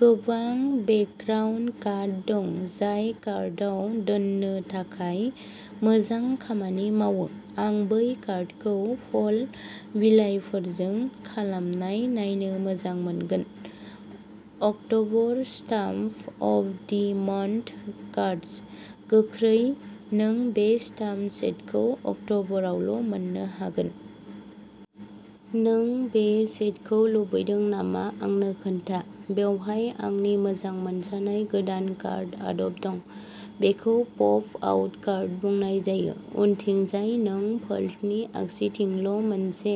गोबां background cut दं जाय कार्डआव दोननो थाखाय मोजां खामानि मावो। आं बै कार्डखौ फल बिलाइफोरजों खालामनाय नायनो मोजां मोनगोन। October stamp of the month cards. गोख्रै नों बे स्टाम्प सेटखौ अक्ट'बरावल' मोन्नो हागोन। नों बे सेटखौ लुबैदों नामा आंनो खोन्था। बेवहाय आंनि मोजां मोनजानाय गोदान कार्ड आदब दं। बेखौ पप आउट कार्ड बुंनाय जायो। उनथिंजाय नों फोल्डनि आगसिथिंल' मोनसे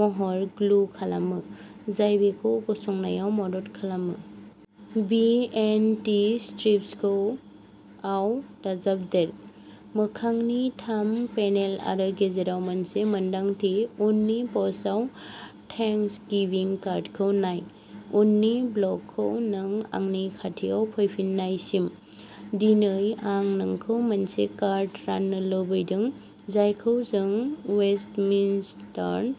महर ग्लु खालामो, जाय बेखौ गसंनायाव मदद खालामो। बि एन्ड टी स्ट्रिप्सखौ आव दाजाबदेर। मोखांनि थाम पेनेल आरो गेजेराव मोनसे मोनदांथि। उननि पस्टआव थेंक्सगिविं कार्डखौ नाय। उननि ब्लगखौ नों आंनि खाथियाव फैफिन्नायसिम। दिनै आं नोंजों मोनसे कार्ड राननो लुबैदों जायखौ जों वेस्टमिन्स्टार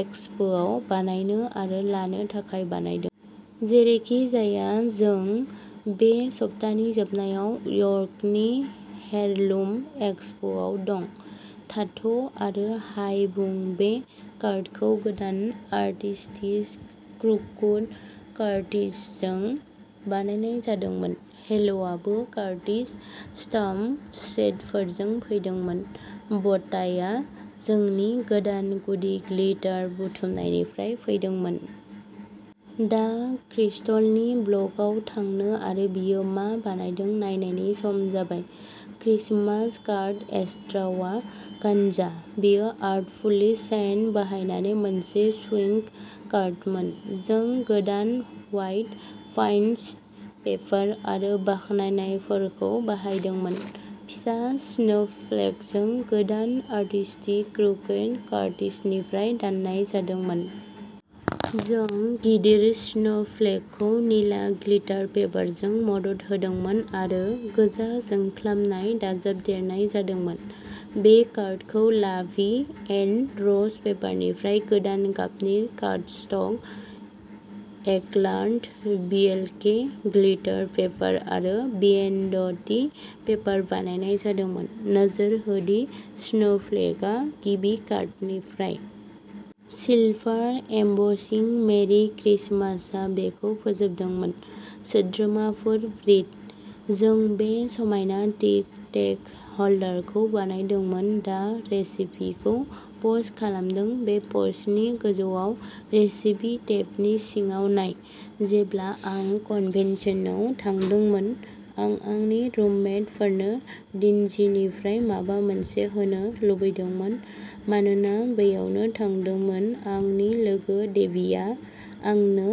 एक्सपोआव बानायनो आरो लानो थाखाय बानायदों। जेरैखिजाया जों बे सप्तानि जोबनायाव यर्कनि हेरलुम एक्सपोआव दं। थाथ' आरो हाय बुं बे कार्डखौ गोदान आर्टिस्टि क्रिकुट कार्टिसजों बानायनाय जादोंमोन। हेल'आबो कार्टिस स्टाम्प सेटफोरजों फैदोंमोन। ब'टाइआ जोंनि गोदान गुदि ग्लिटार बुथुमनायनिफ्राय फैदोंमोन। दा क्रिस्टलनि ब्लगआव थांनो आरो बियो मा बानायदों नायनायनि सम जाबाय। क्रिसमास कार्ड एक्स्ट्रावा गानजा। बेयो आर्टफुल्लि सेन्ट बाहायनानै मोनसे स्विंग कार्डमोन। जों गोदान व्हाइट पाइन्स पेपार आरो बाखनायनायफोरखौ बाहायदोंमोन। फिसा स्नोफ्लेकखौ गोदान आर्टिस्ट्रि क्रिकुट कार्टिजनिफ्राय दाननाय जादोंमोन। जों गिदिर स्नोफ्लेकखौ निला ग्लिटार पेपारजों मदद होदोंमोन आरो गोजा जोंख्लाबनाय दाजाबदेरनाय जादोंमोन। बे कार्डखौ ला भि एन र'ज पेपारनिफ्राय गोदान गाबनि कार्डस्टक एगलान्ट, बिएलके ग्लिटार पेपार आरो बिएन्डटि पेपार बानायनाय जादोंमोन। नोजोर हो दि स्नोफ्लेकआ गिबि कार्डनिफ्राय। सिलभार एमबसिं, मेरि क्रिसमासआ बेखौ फोजोबदोंमोन। सोद्रोमाफोर, ब्रिट। जों बे समायना टिक टेक ह'ल्डारखौ बानायदोंमोन। दा रेसिपिखौ पस्ट खालामदों बे पस्टनि गोजौआव रेसिपि टेबनि सिङाव नाय। जेब्ला आं कन्भेन्सनआव थांदोंमोन, आं आंनि रुममेटफोरनो डिन्जिनिफ्राय माबा मोनसे होनो लुबैदोंमोन मानोना बैयावनो थादोंमोन, आंनि लोगो डेबीआ आंनो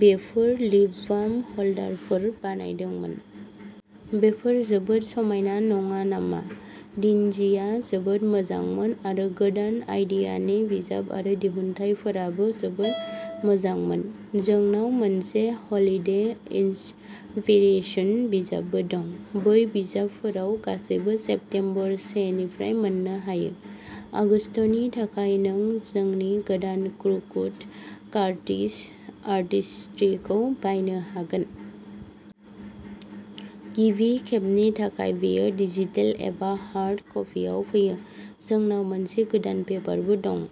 बेफोर लिप बाम ह'ल्डारफोर बानायदोंमोन। बेफोर जोबोद समायना नङा नामा? डिन्जिआ जोबोद मोजांमोन आरो गोदान आइडियानि बिजाब आरो दिहुनथायफोराबो जोबोद मोजांमोन। जोंनाव मोनसे हलिडे इन्सभेरियेसन बिजाबबो दं। बै बिजाबफोराव गासैबो सेप्टेम्बर से निफ्राय मोननो हायो। आगस्तनि थाखाय नों जोंनि गोदान क्रुकुट कार्टिस आर्टिस्ट्रीखौ बायनो हागोन। गिबि खेबनि थाखाय बेयो डिजिटेल एबा हार्ड कपिआव फैयो। जोंनाव मोनसे गोदान पेपारबो दं।